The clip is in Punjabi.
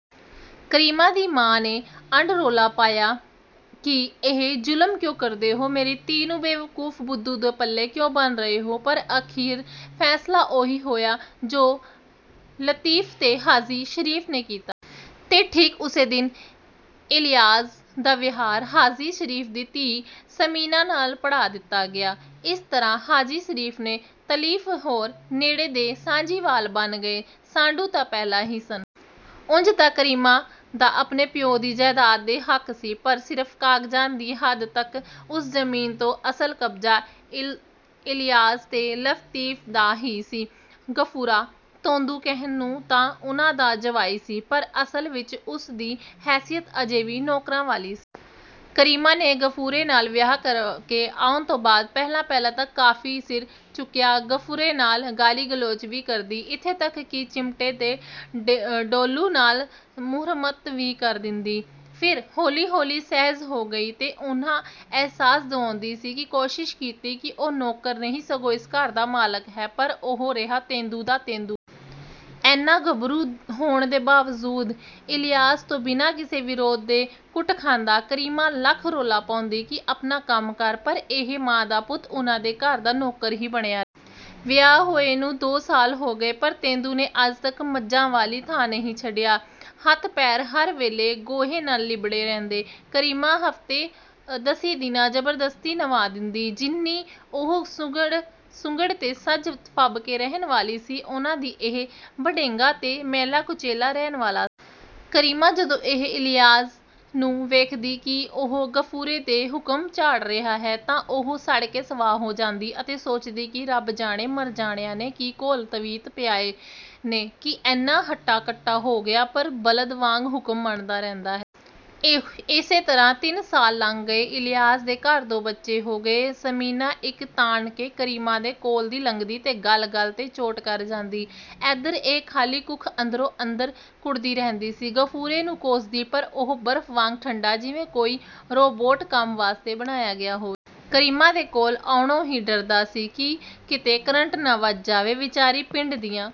ਕਰੀਮਾਂ ਦੀ ਮਾਂ ਨੇ ਅੱਡ ਰੌਲਾ ਪਾਇਆ ਕਿ ਇਹ ਜ਼ੁਲਮ ਕਿਉਂ ਕਰਦੇ ਓਂ? ਮੇਰੀ ਧੀ ਨੂੰ ਬੇਵਕੂਫ਼, ਬੁੱਧੂ ਦੇ ਪੱਲੇ ਕਿਉਂ ਬੰਨ੍ਹ ਰਹੇ ਓਂ? ਪਰ ਅਖ਼ੀਰ ਫ਼ੈਸਲਾ ਉਹੀ ਹੋਇਆ ਜੋ ਲਤੀਫ਼ ਤੇ ਹਾਜੀ ਸ਼ਰੀਫ਼ ਨੇ ਕੀਤਾ। ਤੇ ਠੀਕ ਓਸੇ ਦਿਨ ਇਲਿਆਸ ਦਾ ਵਿਆਹ ਹਾਜੀ ਸ਼ਰੀਫ਼ ਦੀ ਧੀ ਸਮੀਨਾ ਨਾਲ ਪੜ੍ਹਾ ਦਿੱਤਾ ਗਿਆ। ਇਸ ਤਰ੍ਹਾਂ ਹਾਜੀ ਸ਼ਰੀਫ਼ ਤੇ ਲਤੀਫ਼ ਹੋਰ ਨੇੜੇ ਦੇ ਸਾਂਝੀਵਾਲ ਬਣ ਗਏ। ਸਾਢੂ ਤਾਂ ਪਹਿਲਾਂ ਹੀ ਸਨ। ਉਂਜ ਤਾਂ ਕਰੀਮਾਂ ਦਾ ਆਪਣੇ ਪਿਓ ਦੀ ਜਾਇਦਾਦ 'ਤੇ ਹੱਕ ਸੀ, ਪਰ ਸਿਰਫ਼ ਕਾਗਜ਼ਾਂ ਦੀ ਹੱਦ ਤੱਕ। ਉਸ ਜ਼ਮੀਨ 'ਤੇ ਅਸਲ ਕਬਜ਼ਾ ਇਲਿਆਸ ਤੇ ਲਤੀਫ਼ ਦਾ ਹੀ ਸੀ। ਗਫੂਰਾ ਭੌਂਦੂ ਕਹਿਣ ਨੂੰ ਤਾਂ ਉਨ੍ਹਾਂ ਦਾ ਜਵਾਈ ਸੀ, ਪਰ ਅਸਲ ਵਿੱਚ ਉਸ ਦੀ ਹੈਸੀਅਤ ਅਜੇ ਵੀ ਨੌਕਰਾਂ ਵਾਲੀ ਸੀ। ਕਰੀਮਾਂ ਨੇ ਗਫੂਰੇ ਨਾਲ ਵਿਆਹ ਕੇ ਆਉਣ ਤੋਂ ਬਾਅਦ ਪਹਿਲਾਂ-ਪਹਿਲਾਂ ਤਾਂ ਕਾਫ਼ੀ ਸਿਰ ਚੁੱਕਿਆ ਤੇ ਗਫੂਰੇ ਨਾਲ ਗਾਲੀ-ਗਲੋਚ ਵੀ ਕਰਦੀ। ਇੱਥੋਂ ਤੱਕ ਕਿ ਚਿਮਟੇ ਤੇ ਡੋਲੂ ਨਾਲ ਮੁਰੰਮਤ ਵੀ ਕਰ ਦਿੰਦੀ। ਫਿਰ ਹੌਲੀ-ਹੌਲੀ ਸਹਿਜ ਹੋ ਗਈ ਤੇ ਉਹਨੂੰ ਅਹਿਸਾਸ ਦਿਵਾਉਣ ਦੀ ਕੋਸ਼ਿਸ਼ ਕੀਤੀ ਕਿ ਉਹ ਨੌਕਰ ਨਹੀਂ, ਸਗੋਂ ਇਸ ਘਰ ਦਾ ਮਾਲਕ ਹੈ, ਪਰ ਉਹ ਰਿਹਾ ਭੌਂਦੂ ਦਾ ਭੌਂਦੂ। ਐਨਾ ਗੱਭਰੂ ਹੋਣ ਦੇ ਬਾਵਜੂਦ ਇਲਿਆਸ ਤੋਂ ਬਿਨਾ ਕਿਸੇ ਵਿਰੋਧ ਦੇ ਕੁੱਟ ਖਾਂਦਾ। ਕਰੀਮਾਂ ਲੱਖ ਰੌਲਾ ਪਾਉਂਦੀ ਕਿ ਆਪਣਾ ਕੰਮ ਕਰ, ਪਰ ਇਹ ਮਾਂ ਦਾ ਪੁੱਤ ਉਨ੍ਹਾਂ ਦੇ ਘਰ ਦਾ ਨੌਕਰ ਹੀ ਬਣਿਆ ਰਿਹਾ। ਵਿਆਹ ਹੋਏ ਨੂੰ ਦੋ ਸਾਲ ਹੋ ਗਏ, ਪਰ ਭੌਂਦੂ ਨੇ ਅਜੇ ਤੱਕ ਮੱਝਾਂ ਵਾਲੀ ਥਾਂ ਨਹੀਂ ਸੀ ਛੱਡਿਆ। ਹੱਥ-ਪੈਰ ਹਰ ਵੇਲੇ ਗੋਹੇ ਨਾਲ ਲਿੱਬੜੇ ਰਹਿੰਦੇ। ਕਰੀਮਾਂ ਹਫ਼ਤੇ-ਦਸੀਂ ਦਿਨੀਂ ਜ਼ਬਰਦਸਤੀ ਨਵ੍ਹਾ ਦਿੰਦੀ। ਜਿੰਨੀ ਉਹ ਸੁਘੜ ਤੇ ਸਜ-ਫਬ ਕੇ ਰਹਿਣ ਵਾਲੀ ਸੀ, ਓਨਾ ਹੀ ਇਹ ਬੇਢੰਗਾ ਤੇ ਮੈਲਾ-ਕੁਚੈਲਾ ਰਹਿਣ ਵਾਲਾ ਸੀ। ਕਰੀਮਾਂ ਜਦੋਂ ਵੀ ਇਲਿਆਸ ਨੂੰ ਵੇਖਦੀ ਕਿ ਉਹ ਗਫੂਰੇ 'ਤੇ ਹੁਕਮ ਝਾੜ ਰਿਹਾ ਹੈ, ਤਾਂ ਉਹ ਸੜ ਕੇ ਸਵਾਹ ਹੋ ਜਾਂਦੀ ਅਤੇ ਸੋਚਦੀ ਕਿ ਰੱਬ ਜਾਣੇ ਮਰ ਜਾਣਿਆਂ ਨੇ ਕੀ ਘੋਲ-ਤਵੀਤ ਪਿਆਏ ਨੇ ਕਿ ਐਨਾ ਹੱਟਾ-ਕੱਟਾ ਹੋ ਗਿਆ, ਪਰ ਬਲਦ ਵਾਂਗ ਹੁਕਮ ਮੰਨਦਾ ਰਹਿੰਦਾ ਹੈ। ਏਸੇ ਤਰ੍ਹਾਂ ਤਿੰਨ ਸਾਲ ਲੰਘ ਗਏ। ਇਲਿਆਸ ਦੇ ਘਰ ਦੋ ਬੱਚੇ ਹੋ ਗਏ। ਸਮੀਨਾ ਹਿੱਕ ਤਾਣ ਕੇ ਕਰੀਮਾਂ ਦੇ ਕੋਲ ਦੀ ਲੰਘਦੀ ਤੇ ਗੱਲ-ਗੱਲ 'ਤੇ ਚੋਟ ਕਰ ਜਾਂਦੀ। ਐਧਰ ਇਹ ਖਾਲੀ ਕੁੱਖ, ਅੰਦਰੋ-ਅੰਦਰ ਕੁੜ੍ਹਦੀ ਰਹਿੰਦੀ ਤੇ ਗਫੂਰੇ ਨੂੰ ਕੋਸਦੀ, ਪਰ ਉਹ ਬਰਫ਼ ਵਾਂਗ ਠੰਢਾ, ਜਿਵੇਂ ਕੋਈ ਰੋਬੋਟ ਕੰਮ ਵਾਸਤੇ ਬਣਾਇਆ ਗਿਆ ਹੋਵੇ। ਕਰੀਮਾਂ ਦੇ ਕੋਲ ਆਉਣੋਂ ਵੀ ਡਰਦਾ ਕਿ ਕਿਤੇ ਕਰੰਟ ਨਾ ਵੱਜ ਜਾਵੇ। ਵਿਚਾਰੀ ਪਿੰਡ ਦੀਆਂ...